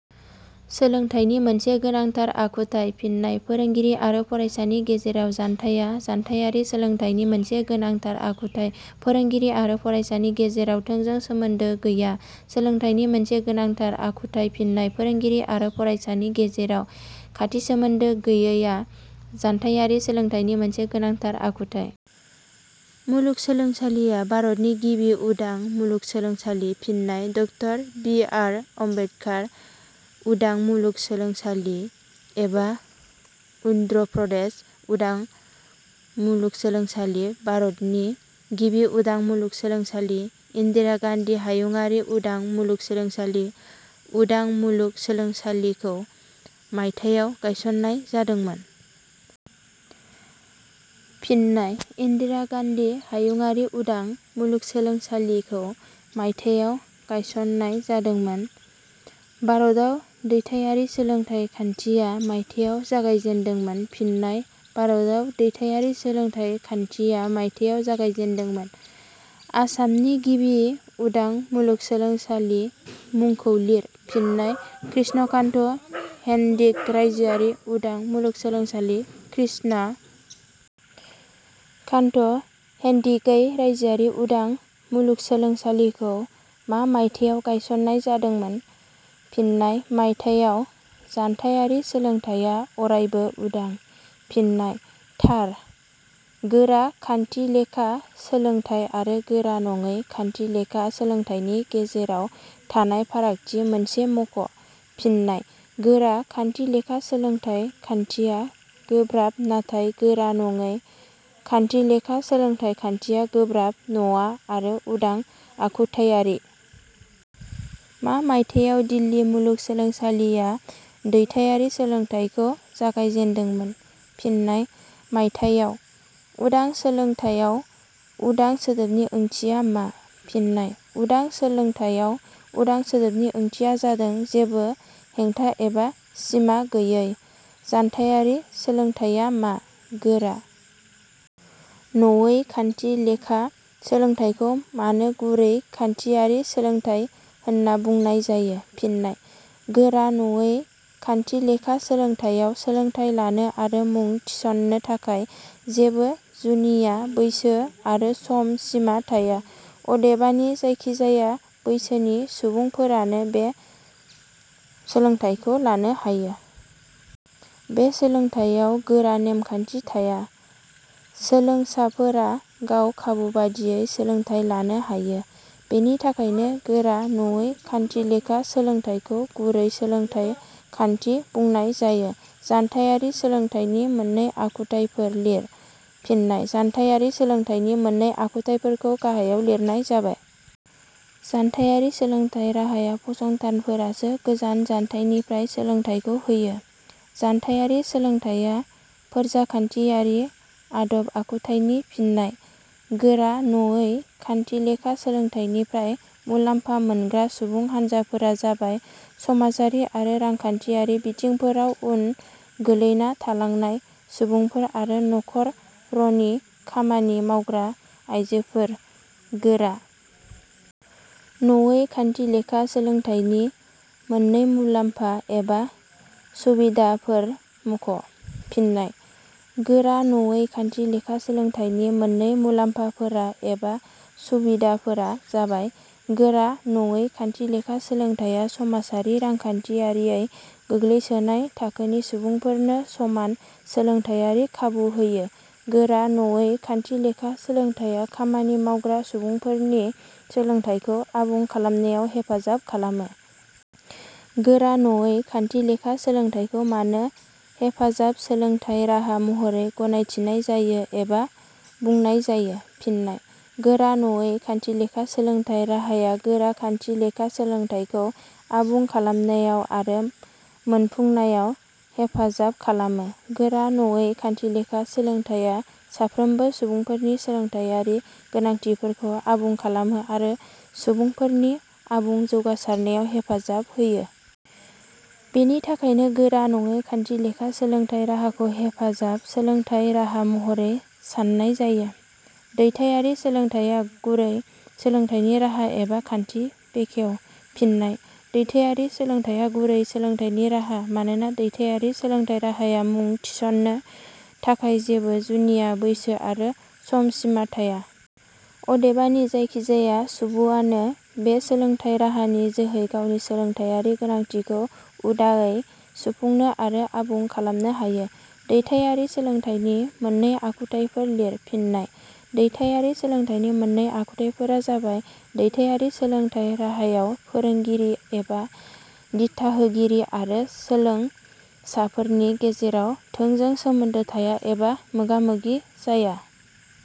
सोलोंथाइनि मोनसे गोनांथार आखुथाइ। फिन्नाय: फोरोंगिरि आरो फरायसानि गेजेराव जानथाइया जानथाइयारि सोलोंथाइनि मोनसे गोनांथार आखुथाइ।. फोरोंगिरि आरो फरायसानि गेजेराव थोंजों सोमोन्दो गोयैया…….. सोलोंथाइनि मोनसे गोनांथार आखुथाइ। फिन्नाय: फोरोंगिरि आरो फरायसानि गेजेराव खाथि सोमोन्द गोयैया जानथाइयारि सोलोंथाइनि मोनसे गोनांथार आखुथाइ।.……. मुलुगसोलोंसालिया भारतनि गिबि उदां मुलुगसोलोंसालि। फिन्नाय: ड बि. आर. आम्बेदकार उदां मुलुगसोलोंसालि एबा अन्ध्र प्रदेश उदां मुलुगसोलोंसालि भारतनि गिबि उदां मुलुगसोलोंसालि।: इन्दिरा गान्धी हायुंङारि उदां मुलुगसोलोंसालि उदां मुलुगसोलोंसालिखौ……. मायथाइयाव गायसननाय जादोंमोन। फिन्नाय: इन्दिरा गान्धी हायुंङारि उदां मुलुगसोलोंसालिखौ मायथाइयाव गायसंनाय जादोंमोन।. भारताव दैथाइयारि सोलोंथाइ खान्थिया……… मायथाइयाव जागायजेदोंमोन। फिन्नाय: भारताव दैथाइयारि सोलोंथाइ खान्थिया मायथाइयाव जागायजेदोंमोन।. आसामनि गिबि उदां मुलुगसोलोंसालिनि मुंखौ लिर। फिन्नाय: कृष्णाकान्त हेनदिक राज्योआरि उदां मुलुगसोलोंसालि।.कृष्णा कान्ट हेनदिकै राज्योआरि उदां मुलुगसोलोंसालिखौ मा मायथाइयाव गायसननाय जादोंमोन? फिन्नाय: मायथाइयाव।. जानथाइयारि सोलोंथाइया अरायबो उदां। फिन्नाय: थार।. गोरा खान्थिलेखा सोलोंथाइ आरो गोरा नङै खान्थिलेखा सोलोंथाइनि गेजेराव थानाय फारागथि मोनसे मख'। फिन्नाय: गोरा खान्थिलेखा सोलोंथाइ खान्थिया गोब्राब, नाथाय गोरा नङै खान्थिलेखा सोलोंथाइ खान्थिया गोब्राब नङा आरो उदां आखुथाइयारि।. मा मायथाइयाव दिल्ली मुलुगसोलोंसालिया दैथाइयारि सोलोंथाइखौ जागायजेनदोंमोन? फिन्नाय: मायथाइयाव।. उदां सोलोंथाइयाव 'उदां '' सोदोबनि ओंथिया मा? फिन्नाय: उदां सोलोंथाइयाव ' उदां ' सोदोबनि ओंथिया जादों जेबो हेंथा एबा सिमा गोयै।. जानथाइयारि सोलोंथाइया मा?.गोरा नङै खान्थि लेखा सोलोंथाइखौ मानो गुरै खान्थिआरि सोलोंथाइ होनना बुंनाय जायो? फिन्नाय: गोरा नङै खान्थिलेखा सोलोंथाइयाव सोलोंथाइ लानो आरो मुं थिसननो थाखाय जेबो जुनिया बैसो आरो सम सिमा थाया। अदेबानि जायखिजाया बैसोनि सुबुंफोरानो बे सोलोंथाइखौ लानो हायो। बे सोलोंथाइयाव गोरा नेमखान्थि थाया, सोलोंसाफोरा गाव खाबु बादियै सोलोंथाइ लानो हायो। बेनि थाखायनो गोरा नङै खान्थिलेखा सोलोंथाइखौ गुरै सोलोंथाइ खान्थि बुंनाय जायो।. जानथाइयारि सोलोंथाइनि मोननै आखुथाइफोर लिर। फिन्नाय: जानथाइयारि सोलोंथाइनि मोननै आखुथाइफोरखौ गाहायाव लिरनाय जाबाय:. जानथायारि सोलोंथाइ राहायाव फसंथानफोरासो गोजान जानथाइनिफ्राय सोलोंथाइखौ होयो।. जानथाइयारि सोलोंथाइया फोरजाखान्थियारि आदब आखुथाइनि। फिन्नाय:गोरा नङै खान्थिलेखा सोलोंथाइनिफ्राय मुलाम्फा मोनग्रा सुबुं हानजाफोरा जाबाय: समाजारि आरो रांखान्थियारि बिथिंफोराव उन गोलैना थालांनाय सुबुंफोर आरो. नखर 'रनि खामानि मावग्रा आइजोफोर।.गोरा नङै खान्थिलेखा सोलोंथाइनि मोननै मुलाम्फा एबा सुबिधाफोर मख'-। फिन्नाय: गोरा नङै खान्थिलेखा सोलोंथाइनि मोननै मुलाम्फाफोरा एबा सुबिधाफोरा जाबाय: गोरा नङै खान्थिलेखा सोलोंथाइया समाजारि रांखान्थियारियै गोग्लैसोनाय थाखोनि सुबुंफोरनो समान सोलोंथाइयारि खाबु होयो। गोरा नङै खान्थिलेखा सोलोंथाइया खामानि मावग्रा सुबुंफोरनि सोलोंथाइखौ आबुं खालामनायाव हेफाजाब खालामो।. गोरा नङै खान्थिलेखा सोलोंथाइखौ मानो हेफाजाब सोलोंथाइ राहा महरै गनायथिनाय जायो एबा बुंनाय जायो? फिन्नाय: गोरा नङै खान्थिलेखा सोलोंथाइ राहाया गोरा खान्थिलेखा सोलोंथाइखौ आबुं खालामनायाव आरो मोनफुंनायाव हेफाजाब खालामो। गोरा नङै खान्थिलेखा सोलोंथाइया साफ्रोमबो सुबुंफोरनि सोलोंथाइयारि गोनांथिफोरखौ आबुं खालामो आरो सुबुंफोरनि आबुं जौगासारनायाव हेफाजाब होयो। बेनि थाखायनो गोरा नङै खान्थिलेखा सोलोंथाइ राहाखौ हेफाजाब सोलोंथाइ राहा महरै साननाय जायो।. ' दैथाइयारि सोलोंथाइया गुरै सोलोंथाइनि राहा एबा खान्थि 'बेखेव –। फिन्नाय: दैथाइयारि सोलोंथाइया गुरै सोलोंथाइनि राहा, मानोना, दैथाइयारि सोलोंथाइ राहायाव मुं थिस 'ननो थाखाय जेबो जुनिया बैसो आरो सम सिमा थाया। अदेबानि जायखिजाया सुबुङानो बे सोलोंथाइ राहानि जोहै गावनि सोलोंथाइयारि गोनांथिखौ उदाङै सुफुंनो आरो आबुं खालामनो हायो।. दैथाइयारि सोलोंथाइनि मोननै आखुथाइफोर लिर। फिन्नाय: दैथाइयारि सोलोंथाइनि मोननै आखुथाइफोरा जाबाय:. दैथाइयारि सोलोंथाइ राहायाव फोरोंगिरि एबा दिथाहोगिरि आरो होलोंसाफोरनि गेजेराव थोंजों सोमोन्दो थाया एबा मोगा मोगि जालाया।